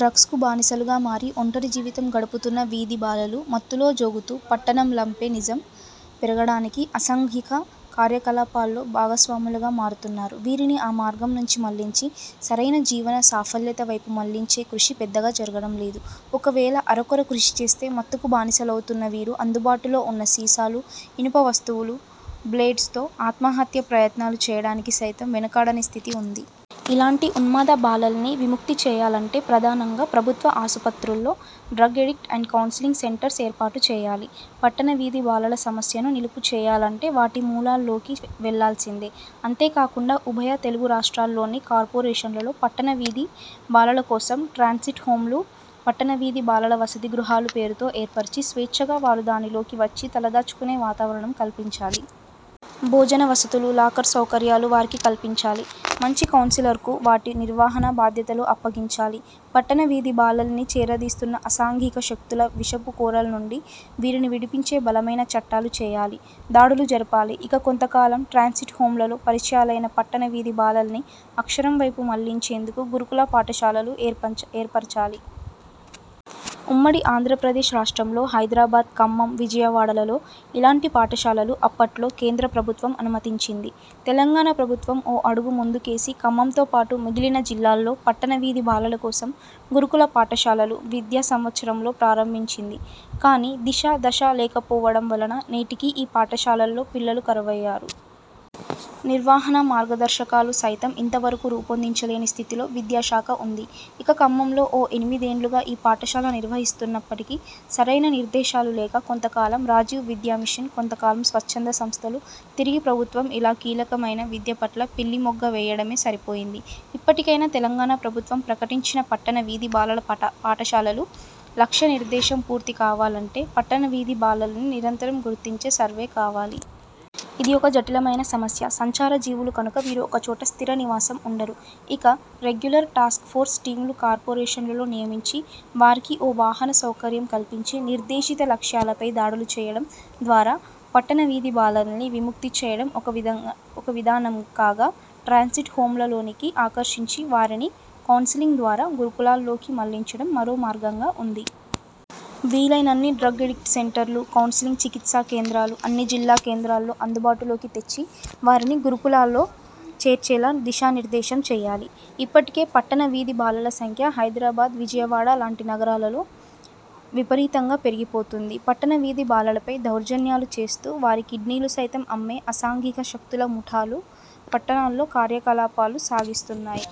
'డ్రగ్స్'కు బానిసలుగా మారి ఒంటరి జీవితం గడుపుతున్న వీధి బాలలు మత్తులో జోగుతూ పట్టణ లంపెనిజం పెరగడానికి, అసాంఘిక కార్యకలాపాల్లో భాగస్వాములుగా మారుతున్నారు. వీరిని ఆ మార్గం నుంచి మళ్లించి సరైన జీవన సాఫల్యత వైపు మళ్లించే కృషి పెద్దగా జరగడం లేదు. ఒకవేళ అరకొర కృషి చేస్తే మత్తుకు బానిసలౌతున్న వీరు అందుబాటులో ఉన్న సీసాలు, ఇనుప వస్తువులు, బ్లేడ్స్తో ఆత్మహత్య ప్రయత్నాలు చేయడానికి సైతం వెనుకాడని స్థితి ఉంది. ఇలాంటి ఉన్మాద బాలల్ని విముక్తి చేయాలంటే ప్రధానంగా ప్రభుత్వ ఆసుపత్రుల్లో drug addict and counselling centres ఏర్పాటు చేయాలి. పట్టణ వీధి బాలల సమస్యను నిలుపుచేయాలంటే వాటి మూలాల్లోకి వెళ్ళాల్సిందే. అంతేకాకుండా ఉభయ తెలుగు రాష్ట్రాల్లోని కార్పొరేషన్లలో పట్టణ వీధి బాలల కోసం 'ట్రాన్సిట్ హోం'లు, పట్టణ వీధి బాలల వసతి గృహాలు పేరుతో ఏర్పరచి స్వేచ్ఛగా వారు దానిలోకి వచ్చి తలదాచుకునే వాతావరణం కల్పించాలి. భోజన వసతులు, లాకర్ సౌకర్యాలు వారికి కల్పించాలి. మంచి కౌన్సిలర్స్కు వాటి నిర్వహణా బాధ్యతలు అప్పగించాలి. పట్టణ వీధి బాలల్ని చేరదీస్తున్న అసాంఘిక శక్తుల విషపు కోరల్నుండి వీరిని విడిపించే బలమైన చట్టాలు చేయాలి. దాడులు జరపాలి. ఇక కొంతకాలం 'ట్రాన్సిట్ హోం'లలో పరిచయాలైన పట్టణ వీధి బాలల్ని అక్షరం వైపు మళ్లించేందుకు గురుకుల పాఠశాలలు ఏర్పరచాలి. ఉమ్మడి ఆంధ్రప్రదేశ్ రాష్ట్రంలో హైదరాబాద్, ఖమ్మం, విజయవాడలలో ఇలాంటి పాఠశాలలు అప్పట్లో కేంద్ర ప్రభుత్వం అనుమతించింది. తెలంగాణ ప్రభుత్వం ఓ అడుగు ముందుకేసి ఖమ్మంతో పాటు మిగిలిన జిల్లాల్లో పట్టణ వీధి బాలల కోసం గురుకుల పాఠశాలలు విద్యా సంవత్సరంలో ప్రారంభించింది. కానీ దిశ, దశ లేకపోవడం వలన నేటికీ ఈ పాఠశాలల్లో పిల్లలు కరువయ్యారు. నిర్వహణా మార్గదర్శకాలు సైతం ఇంతవరకు రూపొందించలేని స్థితిలో విద్యాశాఖ ఉంది. ఇక ఖమ్మంలో ఓ ఎనిమిదేండ్లుగా ఈ పాఠశాల నిర్వహిస్తున్నప్పటికీ సరైన నిర్దేశాలు లేక కొంతకాలం రాజీవ్ విద్యామిషన్, కొంతకాలం స్వచ్ఛంద సంస్థలు, తిరిగి ప్రభుత్వం ఇలా కీలకమైన విద్యపట్ల పిల్లిమొగ్గవేయడమే సరిపోయింది. ఇప్పటికైనా తెలంగాణ ప్రభుత్వం ప్రకటించిన పట్టణ వీధి బాలల పాఠశాలలు లక్ష్య నిర్దేశం పూర్తి కావాలంటే పట్టణ వీధి బాలల్ని నిరంతరం గుర్తించే సర్వేకావాలి. ఇది ఒక జటిలమైన సమస్య. సంచారజీవులు కనుక వీరు ఒకచోట స్థిర నివాసం ఉండరు. ఇక రెగ్యులర్ టాస్క్ఫోర్స్ టీంలు కార్పొరేషన్లలో నియమించి వారికి ఓ వాహన సౌకర్యం కల్పించి నిర్దేశిత లక్ష్యాలపై దాడులు చేయడం ద్వారా పట్టణ వీధి బాలల్ని విముక్తి చేయడం ఒక విధానం కాగా ట్రాన్సిట్ హోంలలోనికి ఆకర్షించి వారిని కౌన్సిలింగ్ ద్వారా గురుకులాల్లోకి మళ్లించడం మరో మార్గంగా ఉంది. వీలైనన్ని డ్రగ్ ఎడిక్ట్ సెంటర్లు, కౌన్సిలింగ్ చికిత్సా కేంద్రాలు అన్ని జిల్లా కేంద్రాల్లో అందుబాటులోకి తెచ్చి వారిని గురుకులాల్లో చేర్చేలా దిశానిర్దేశం చేయాలి. ఇప్పటికే పట్టణ వీధి బాలల సంఖ్య హైదరాబాద్, విజయవాడ లాంటి నగరాల్లో విపరీతంగా పెరిగిపోతోంది. పట్టణ వీధి బాలలపై దౌర్జన్యాలు చేస్తూ వారి కిడ్నీలు సైతం అమ్మే అసాంఘిక శక్తుల ముఠాలు పట్టణాల్లో కార్యకలాపాలు సాగిస్తున్నాయి.